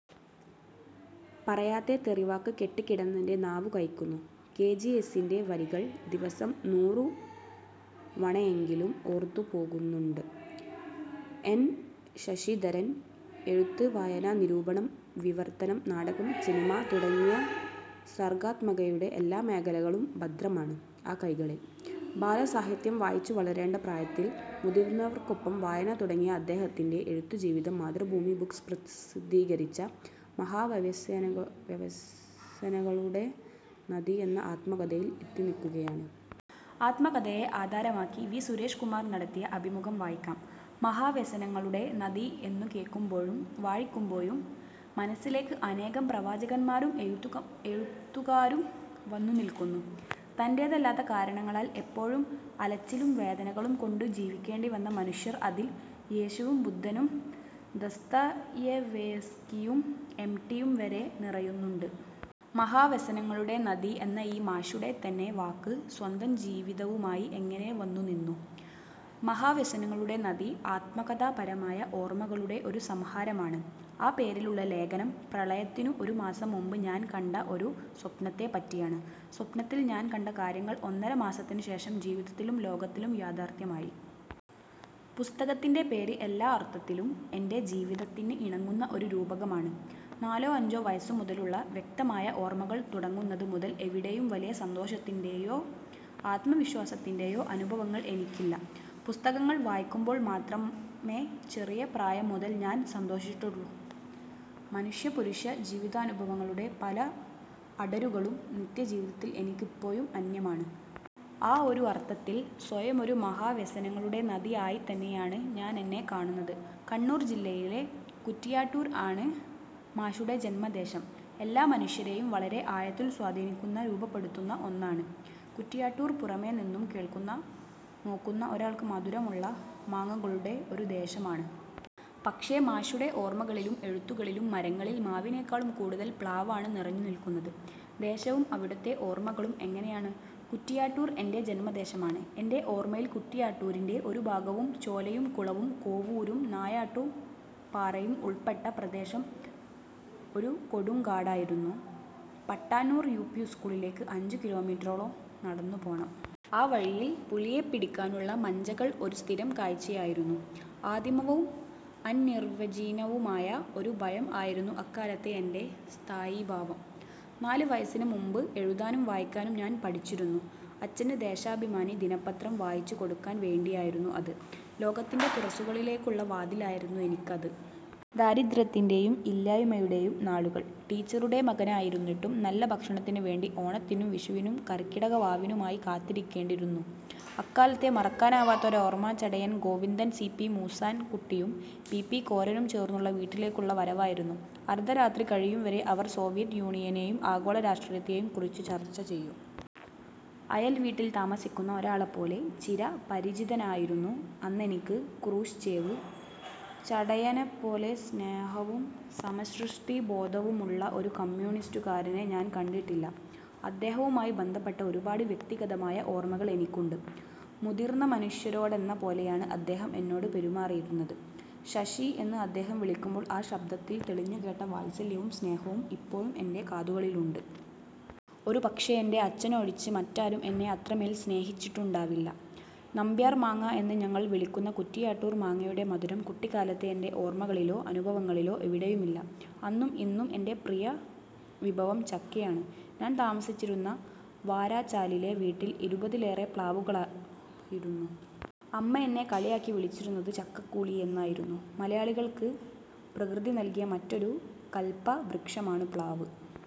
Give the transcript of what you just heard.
പറയാത്ത തെറി വാക്ക് കെട്ടിക്കിടന്നെൻ്റെ നാവു കയ്ക്കുന്നു 'കെ. ജി. എസ്സിൻ്റെ വരികൾ ദിവസം നൂറുവണയെങ്കിലും ഓർത്തുപോകുന്നുണ്ട് എൻ. ശശിധരൻ. എഴുത്ത്, വായന, നിരൂപണം, വിവർത്തനം, നാടകം, സിനിമ തുടങ്ങി സർഗാത്മകതയുടെ എല്ലാമേഖലകളും ഭദ്രമാണ് ആ കൈകകളിൽ. ബാലസാഹിത്യം വായിച്ചുവളരേണ്ട പ്രായത്തിൽ മുതിർന്നവർക്കൊപ്പം വായന തുടങ്ങിയ അദ്ദേഹത്തിൻ്റെ എഴുത്തുജീവിതം മാതൃഭൂമി ബുക്സ് പ്രസിദ്ധീകരിച്ച മഹാവ്യസനങ്ങളുടെ നദി എന്ന ആത്മകഥയിൽ എത്തിനിൽക്കുകയാണ്. ആത്മകഥയെ ആധാരമാക്കി വി. സുരേഷ് കുമാർ നടത്തിയ അഭിമുഖം വായിക്കാം. മഹാവ്യസനങ്ങളുടെ നദി എന്നു കേൾക്കുമ്പോഴും വായിക്കുമ്പോഴും മനസ്സിലേക്ക് അനേകം പ്രവാചകന്മാരും, എഴുത്തുകാരും വന്നു നിൽക്കുന്നു. തൻ്റേതല്ലാത്ത കാരണങ്ങളാൽ എപ്പോഴും അലച്ചിലും വേദനകളും കൊണ്ട് ജീവിക്കേണ്ടി വന്ന മനുഷ്യർ അതിൽ യേശുവും ബുദ്ധനും ദസ്തയേവ്‌സ്കിയും എം. ടി യും വരെ നിറയുന്നുണ്ട്. മഹാവ്യസനങ്ങളുടെ നദി എന്ന ഈ മാഷുടെ തന്നെ വാക്ക് സ്വന്തംജീവിതവുമായി എങ്ങനെ വന്നുനിന്നു? മഹാവ്യസനങ്ങളുടെ നദി ആത്മകഥാപരമായ ഓർമകളുടെ ഒരു സമാഹാരമാണ്. ആ പേരിലുള്ള ലേഖനം പ്രളയത്തിനു ഒരു മാസം മുമ്പ് ഞാൻ കണ്ട ഒരു സ്വപ്നത്തെപ്പറ്റിയാണ്. സ്വപ്നത്തിൽ ഞാൻ കണ്ട കാര്യങ്ങൾ ഒന്നര മാസത്തിന് ശേഷം ജീവിതത്തിലും ലോകത്തിലും യാഥാർത്ഥമായി. പുസ്തകത്തിൻ്റെ പേര് എല്ലാ അർത്ഥത്തിലും എൻ്റെ ജീവിതത്തിന് ഇണങ്ങുന്ന ഒരു രൂപകമാണ്. നാലോ അഞ്ചോ വയസ്സ് മുതലുള്ള വ്യക്തമായ ഓർമ്മകൾ തുടങ്ങുന്നത് മുതൽ എവിടെയും വലിയ സന്തോഷത്തിൻ്റെയോ ആത്മവിശ്വാസത്തിൻ്റെയോ അനുഭവങ്ങൾ എനിക്കില്ല. പുസ്തകങ്ങൾ വായിക്കുമ്പോൾ മാത്രമേ ചെറിയ പ്രായം മുതൽ ഞാൻ സന്തോഷിച്ചിട്ടുള്ളൂ 'മനുഷ്യ പുരുഷ ജീവിതാനുഭവങ്ങളുടെ പല അടരുകളും നിത്യജീവിതത്തിൽ എനിക്കിപ്പോഴും അന്യമാണ്. ആ ഒരു അർത്ഥത്തിൽ സ്വയമൊരു മഹാ വ്യസനങ്ങളുടെ നദി ആയി തന്നെയാണ് ഞാൻ എന്നെ കാണുന്നത്. കണ്ണൂർ ജില്ലയിലെ കുറ്റിയാട്ടൂർ ആണ് മാഷുടെ ജന്മദേശം എല്ലാ മനുഷ്യരെയും വളരെ ആഴത്തിൽ സ്വാധീനിക്കുന്ന രൂപപ്പെടുത്തുന്ന ഒന്നാണ്. കുറ്റിയാട്ടൂർ പുറമെ നിന്നും കേൾക്കുന്ന നോക്കുന്ന ഒരാൾക്ക് മധുരമുള്ള മാങ്ങകളുടെ ഒരു ദേശം ആണ്. പക്ഷേ മാഷുടെ ഓർമകളിലും എഴുത്തുകളിലും മരങ്ങളിൽ മാവിനെക്കാളും കൂടുതൽ പ്ലാവ് ആണ് നിറഞ്ഞു നിൽക്കുന്നത്. ദേശവും അവിടുത്തെ ഓർമകളും എങ്ങനെയാണ്? കുറ്റിയാട്ടൂർ എൻ്റെ ജന്മദേശമാണ്. എൻ്റെ ഓർമ്മയിൽ കൂറ്റിയാട്ടൂരിൻ്റെ ഒരു ഭാഗവും ചോലയും കുളവും കോവൂരും നായാട്ടു പാറയും ഉൾപെട്ട പ്രദേശം ഒരു കൊടുംകാടായിരുന്നു. പട്ടാന്നൂർ യുപി സ്ക്കൂളിലേക്ക് അഞ്ച് കിലോമീറ്ററോളം നടന്നു പോകണം. ആ വഴിയിൽ പുലിയെ പിടിക്കാനുള്ള മഞ്ചകൾ ഒരു സ്ഥിരം കാഴ്ചയായിരുന്നു. ആദിമവും അനിർവ്വചനീയവുമായ ഒരു ഭയം ആയിരുന്നു അക്കാലത്തെ എൻ്റെ സ്ഥായീഭാവം. നാല് വയസ്സിന് മുമ്പ് എഴുതാനും വായിക്കാനും ഞാൻ പഠിച്ചിരുന്നു. അച്ഛന് ദേശാഭിമാനി ദിനപത്രം വായിച്ചു കൊടുക്കാൻ വേണ്ടിയായിരുന്നു അത്. ലോകത്തിൻ്റെ തുറസ്സുകളിലേക്കുള്ള വാതിലായിരുന്നു എനിക്കത്. ദാരിദ്ര്യത്തിൻ്റെയും ഇല്ലായ്മയുടെയും നാളുകൾ. ടീച്ചറുടെ മകനായിരുന്നിട്ടും നല്ല ഭക്ഷണത്തിന് വേണ്ടി ഓണത്തിനും വിഷുവിനും കര്ക്കിടക വാവിനുമായി കാത്തിരിക്കേണ്ടിയിരുന്നു 'അക്കാലത്തെ മറക്കവയ്യാത്ത ഓര്മ്മ ചടയൻ ഗോവിന്ദൻ സി. പി മൂസാൻ കുട്ടിയും പി. പി. കോരനും ചേർന്നുള്ള വീട്ടിലേക്കുള്ള വരവായിരുന്നു. അർദ്ധരാത്രി കഴിയുംവരെ അവർ സോവിയറ്റ് യൂനിയനെയും ആഗോള രാഷ്ട്രീയത്തേയും കുറിച്ച് ചർച്ച ചെയ്യും. അയൽ വീട്ടിൽ താമസിക്കുന്ന ഒരാളെപ്പോലെ ചിരപരിചിതനായിരുന്നു അന്നെനിക്ക് ക്രൂഷ്ചേവ്, ചടയനെപ്പോലെ സ്നേഹവും സമസൃഷ്ടി ബോധവുമുള്ള ഒരു കമ്യൂണിസ്റ്റുകാരനെ ഞാൻ കണ്ടിട്ടില്ല. അദ്ദേഹവുമായി ബന്ധപ്പെട്ട ഒരുപാട് വ്യക്തിഗതമായ ഓർമ്മകൾ എനിക്കുണ്ട്. മുതിർന്ന മനുഷ്യരോടെന്ന പോലെയാണ് അദ്ദേഹം എന്നോട് പെരുമാറിയിരുന്നത്. ശശീ എന്ന് അദ്ദേഹം വിളിക്കുമ്പോൾ ആ ശബ്ദത്തിൽ തെളിഞ്ഞുകേട്ട വാസല്യവും സ്നേഹവും ഇപ്പോഴും എൻ്റെ കാതുകളിലുണ്ട്. ഒരു പക്ഷേ എൻ്റെ അച്ഛനൊഴിച്ച് മറ്റാരും എന്നെ അത്രമേൽ സ്നേഹിച്ചിട്ടുണ്ടാവില്ല. നമ്പ്യാർ മാങ്ങ എന്ന് ഞങ്ങൾ വിളിക്കുന്ന കുറ്റിയാട്ടൂർ മാങ്ങയുടെ മധുരം കുട്ടിക്കാലത്തെ എൻ്റെ ഓർമ്മകളിലോ അനുഭവങ്ങളിലോ എവിടെയുമില്ല. അന്നും ഇന്നും എൻ്റെ പ്രിയ വിഭവം ചക്കയാണ്. ഞാൻ താമസിച്ചിരുന്ന വാരച്ചാലിലെ വീട്ടിൽ ഇരുപതിലേറെ പ്ലാവുകളുണ്ടായിരുന്നു. അമ്മ എന്നെ കളിയാക്കി വിളിച്ചിരുന്നത് ചക്കക്കൂളി എന്നായിരുന്നു. മലയാളികൾക്ക് പ്രകൃതി നൽകിയ മറ്റൊരു കൽപവൃക്ഷമാണ് പ്ലാവ്.